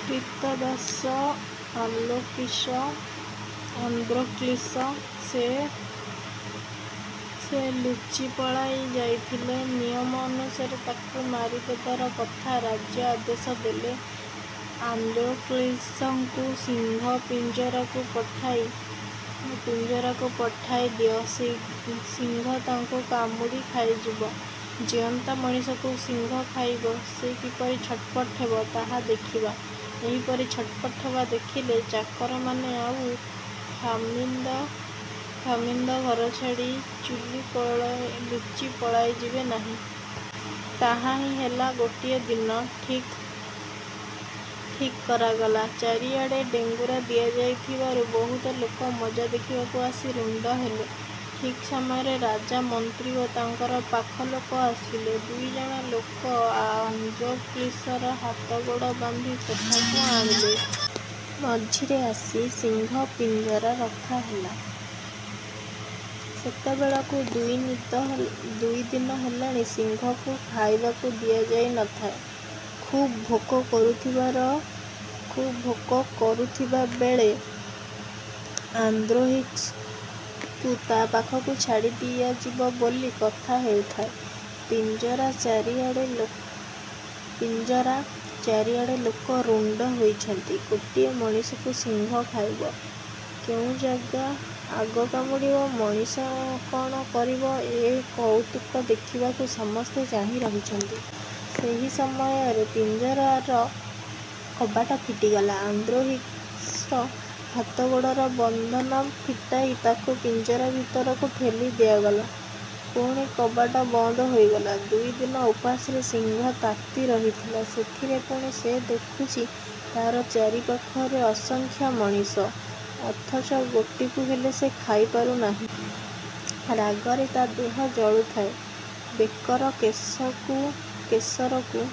କ୍ରୀତଦାସ ଆନ୍ଦ୍ରୋକ୍ଳିସ; ସେ ଲୁଚି ପଳାଇ ଯାଇଥିଲା। ନିୟମ ଅନୁସାରେ ତାକୁ ମାରିଦେବାର କଥା। ରାଜା ଆଦେଶ ଦେଲେ, ''ଆନ୍ଦ୍ରୋକ୍ଳିସକୁ ସିଂହ ପିଞ୍ଜରାକୁ ପକାଇଦିଅ। ସିଂହ ତାକୁ କାମୁଡ଼ି ଖାଇଯିବ। ଜୀଅନ୍ତା ମଣିଷକୁ ସିଂହ ଖାଇବ, ସେ କିପରି ଛଟପଟ ହେବ-ତାହା ଦେଖିବା। ଏହିପରି ଛଟପଟ ହେବା ଦେଖିଲେ, ଚାକରମାନେ ଆଉ ଖାମିନ୍ଦ ଘର ଛାଡ଼ି ଲୁଚି ପଳାଇଯିବେ ନାହିଁ। '' ତାହା ହିଁ ହେଲା; ଗୋଟାଏ ଦିନ ଠିକ୍ କରାଗଲା। ଚାରିଆଡ଼େ ଡେଙ୍ଗୁରା ଦିଆଯାଇଥିବାରୁ ବହୁତ ଲୋକ ମଜା ଦେଖିବାକୁ ଆସି ରୁଣ୍ଡ ହେଲେ। ଠିକ୍ ସମୟରେ ରାଜା, ମନ୍ତ୍ରୀ ଓ ତାଙ୍କର ପାଖଲୋକ ଆସିଲେ। ଦୁଇ ଜଣ ଲୋକ ଆନ୍ଦ୍ରୋକ୍ଳିସର ହାତଗୋଡ଼ ବାନ୍ଧି ସେଠାକୁ ଆଣିଲେ। ମଝିରେ ଆସି ସିଂହ ପିଞ୍ଜରା ରଖାହେଲା। ସେତେବେଳକୁ ଦୁଇ ଦିନ ହେଲା ସିଂହକୁ ଖାଇବାକୁ ଦିଆଯାଇ ନ ଥାଏ। ଖୁବ୍ ଭୋକ କରୁଥିବାବେଳେ ଆନ୍ଦ୍ରୋକ୍ଳିସ୍କୁ ତା' ପାଖକୁ ଛାଡ଼ିଦିଆଯିବ ବୋଲି କଥା ହୋଇଥାଏ। ପିଞ୍ଜରା ଚାରିଆଡ଼େ ଲୋକ ରୁଣ୍ଡ ହୋଇଛନ୍ତି। ଗୋଟାଏ ମଣିଷକୁ ସିଂହ ଖାଇବ; କେଉଁ ଜାଗା ଆଗ କାମୁଡ଼ିବ, ମଣିଷ କ'ଣ କରିବ-ଏ କଉତୁକ ଦେଖିବାକୁ ସମସ୍ତେ ଚାହିଁ ରହିଛନ୍ତି-। ସେହି ସମୟରେ ପିଞ୍ଜରାର କବାଟ ଫିଟିଲା। ଆନ୍ଦ୍ରୋକ୍ଲିସର ହାତଗୋଡ଼ର ବନ୍ଧନ ଫିଟାଇ ତାକୁ ପିଞ୍ଜରା ଭିତରକୁ ଠେଲି ଦିଆଗଲା। ପୁଣି କବାଟ ବନ୍ଦ ହୋଇଗଲା। ଦୁଇ ଦିନ ଉପାସରେ ସିଂହ ତାତି ରହିଥିଲା। ସେଥିରେ ପୁଣି ସେ ଦେଖୁଛି, ତା' ଚାରିପାଖରେ ଅସଂଖ୍ୟ ମଣିଷ; ଅଥଚ ଗୋଟିକୁ ହେଲେ ସେ ଖାଇପାରୁ ନାହିଁ। ରାଗରେ ତା' ଦେହ ଜଳୁଥାଏ। ବେକର କେଶରକୁ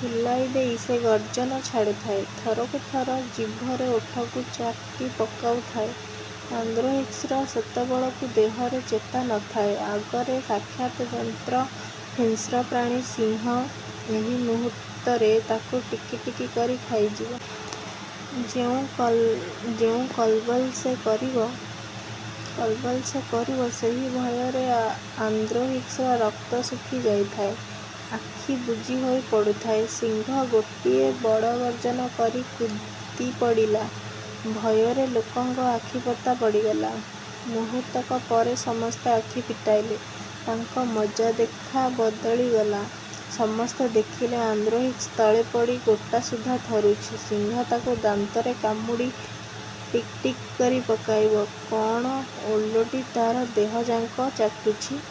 ଫୁଲାଇଦେଇ ସେ ଗର୍ଜନ ଛାଡ଼ୁଥାଏ। ଥରକୁ ଥର ଜିଭରେ ଓଠକୁ ଚାଟି ପକାଉଥାଏ। ଆନ୍ଦ୍ରୋକ୍ଳିସର ସେତେବେଳକୁ ଦେହରେ ଚେତା ନ ଥାଏ। ଆଗରେ ସାକ୍ଷାତ୍ ଯମ-ହିଂସ୍ର ପ୍ରାଣୀ ସିଂହ। ଏହି ମୁହୂର୍ତ୍ତରେ ତାକୁ ଟିକିଟିକି କରି ଖାଇଯିବ। ଯେଉଁ କଲବଲ ସେ କରିବ-ସେହି ଭୟରେ ଆନ୍ଦ୍ରୋକ୍ଳିସର ରକ୍ତ ଶୁଖି ଯାଉଥାଏ; ଆଖି ବୁଜିହୋଇ ପଡ଼ୁଥାଏ। ସିଂହ ଗୋଟାଏ ବଡ଼ ଗର୍ଜନ କରି କୁଦିପଡ଼ିଲା। ଭୟରେ ଲୋକଙ୍କ ଆଖିପତା ପଡ଼ିଗଲା। ମୁହୂର୍ତ୍ତକ ପରେ ସମସ୍ତେ ଆଖି ଫିଟାଇଲେ, ତାଙ୍କ ମଜାଦେଖା ବଦଳିଗଲା। ସମସ୍ତେ ଦେଖିଲେ, ଆନ୍ଦ୍ରୋକ୍ଳିସ ତଳେ ପଡ଼ି ଗୋଟାସୁଦ୍ଧା ଥରୁଛି; ସିଂହ ତାକୁ ଦାନ୍ତରେ କାମୁଡ଼ି ଟିକ୍ଟିକ୍ କରି ପକାଇବ କଅଣ, ଓଲଟି ତା' ଦେହଯାକ ଚାଟୁଛି।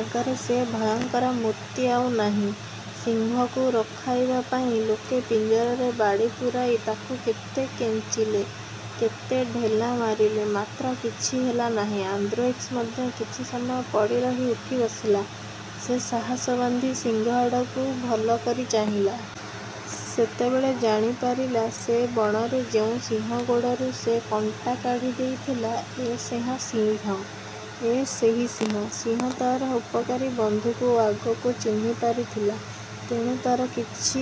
ଆଗରେ ସେ ଭୟଙ୍କର ମୂର୍ତ୍ତି ଆଉ ନାହିଁ। ସିଂହକୁ ରଗାଇବା ପାଇଁ ଲୋକେ ପିଞ୍ଜରାରେ ବାଡ଼ି ପୂରାଇ ତାକୁ କେତେ କେଞ୍ଚିଲେ, କେତେ ଢେଲା ମାଇଲେ; ମାତ୍ର କିଛି ହେଲା ନାହିଁ। ଆନ୍ଦ୍ରୋକ୍ଳିସ ମଧ୍ୟ କିଛି ସମୟ ପଡ଼ି ରହି ଉଠି ବସିଲା। ସେ ସାହସ ବାନ୍ଧି ସିଂହ ଆଡ଼କୁ ଭଲକରି ଚାହିଁଲା। ସେତେବେଳେ ଜାଣିପାରିଲା ଯେ, ବଣରେ ଯେଉଁ ସିଂହ ଗୋଡ଼ରୁ ସେ କଣ୍ଟା କାଢ଼ି ଦେଇଥିଲା, ଏ ସେହି ସିଂହ। ସିଂହ ତା'ର ଉପକାରୀ ବନ୍ଧୁକୁ ଆଗରୁ ଚିହ୍ନିପାରିଥିଲା; ତେଣୁ ତା'ର କିଛି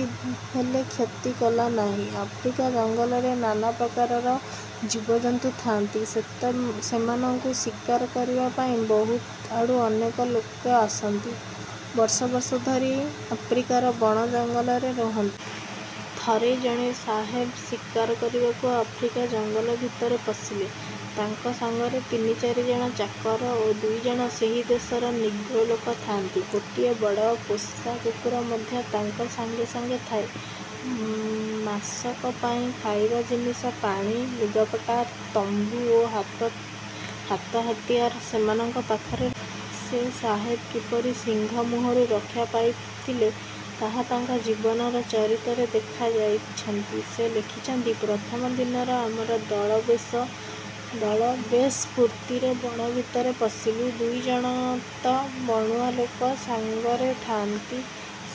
ହେଲେ କ୍ଷତି କଲା ନାହିଁ। ଆଫ୍ରିକା ଜଙ୍ଗଲରେ ନାନାପ୍ରକାରର ଜୀବଜନ୍ତୁ ଥାଆନ୍ତି। ସେମାନଙ୍କୁ ଶିକାର କରିବାପାଇଁ ବହୁଆଡ଼ୁ ଅନେକଲୋକ ଆସନ୍ତି; ବର୍ଷବର୍ଷ ଧରି ଆଫ୍ରିକାର ବଣ ଜଙ୍ଗଲରେ ରହନ୍ତି। ଥରେ ଜଣେ ସାହେବ ଶିକାର କରିବାକୁ ଆଫ୍ରିକା ଜଙ୍ଗଲ ଭିତରେ ପଶିଲେ। ତାଙ୍କ ସାଙ୍ଗରେ ତିନି ଚାରି ଜଣ ଚାକର ଓ ଦୁଇ ଜଣ ସେହି ଦେଶର ନିଗ୍ରୋ ଲୋକ ଥାଆନ୍ତି। ଗୋଟାଏ ବଡ଼ ପୋଷା କୁକୁର ମଧ୍ୟ ତାଙ୍କ ସାଙ୍ଗେ ସାଙ୍ଗେ ଥାଏ। ମାସକ ପାଇଁ ଖାଇବା ଜିନିଷ, ପାଣି, ଲୁଗାପଟା, ତମ୍ବୁ ଓ ହାତହତିଆର ସେମାନଙ୍କ ପାଖରେ ରହିଥାଏ। ସେ ସାହେବ କିପରି ସିଂହ ମୁହଁରୁ ରକ୍ଷା ପାଇଥିଲେ, ତାହା ତାଙ୍କ ଜୀବନ ଚରିତରେ ଲେଖିଯାଇଛନ୍ତି। ସେ ଲେଖିଛନ୍ତି- ''ପ୍ରଥମ ଦିନ ଆମ ଦଳ ବେଶ୍ ଫୁର୍ତ୍ତିରେ ବଣ ଭିତରେ ପଶିଲୁ। ଦୁଇ ଜଣ ତ ବଣୁଆ ଲୋକ ସାଙ୍ଗରେ ଥାଆନ୍ତି;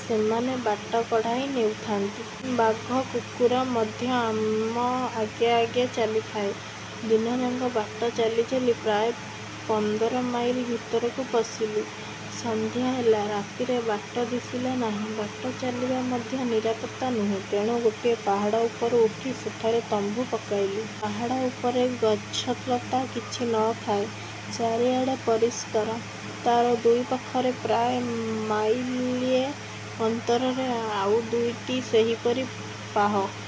ସେମାନେ ବାଟ କଢ଼ାଇ ନେଉଥାଆନ୍ତି। 'ବାଘା' କୁକୁର ମଧ୍ୟ ଆମ ଆଗେ ଆଗେ ଚାଲିଥାଏ। ଦିନଯାକ ବାଟ ଚାଲିଚାଲି ପ୍ରାୟ ପନ୍ଦର ମାଇଲ ଭିତରକୁ ପଶିଲୁ। ସନ୍ଧ୍ୟା ହେଲା-ରାତିରେ ବାଟ ଦିଶିବ ନାହିଁ, ବାଟ ଚାଲିବା ମଧ୍ୟ ନିରାପଦ ନୁହେଁ; ତେଣୁ ଗୋଟିଏ ପାହାଡ଼ ଉପରକୁ ଉଠି ସେଠାରେ ତମ୍ବୁ ପକାଇଲୁ। ପାହାଡ଼ ଉପରେ ଗଛଲତା କିଛି ନ ଥାଏ; ଚାରିଆଡ଼ ପରିଷ୍କାର। ତା'ର ଦୁଇ ପାଖରେ ପ୍ରାୟ ମାଇଲିଏ ଅନ୍ତରରେ ଆଉ ଦୁଇଟି ସେହିପରି ପାହ।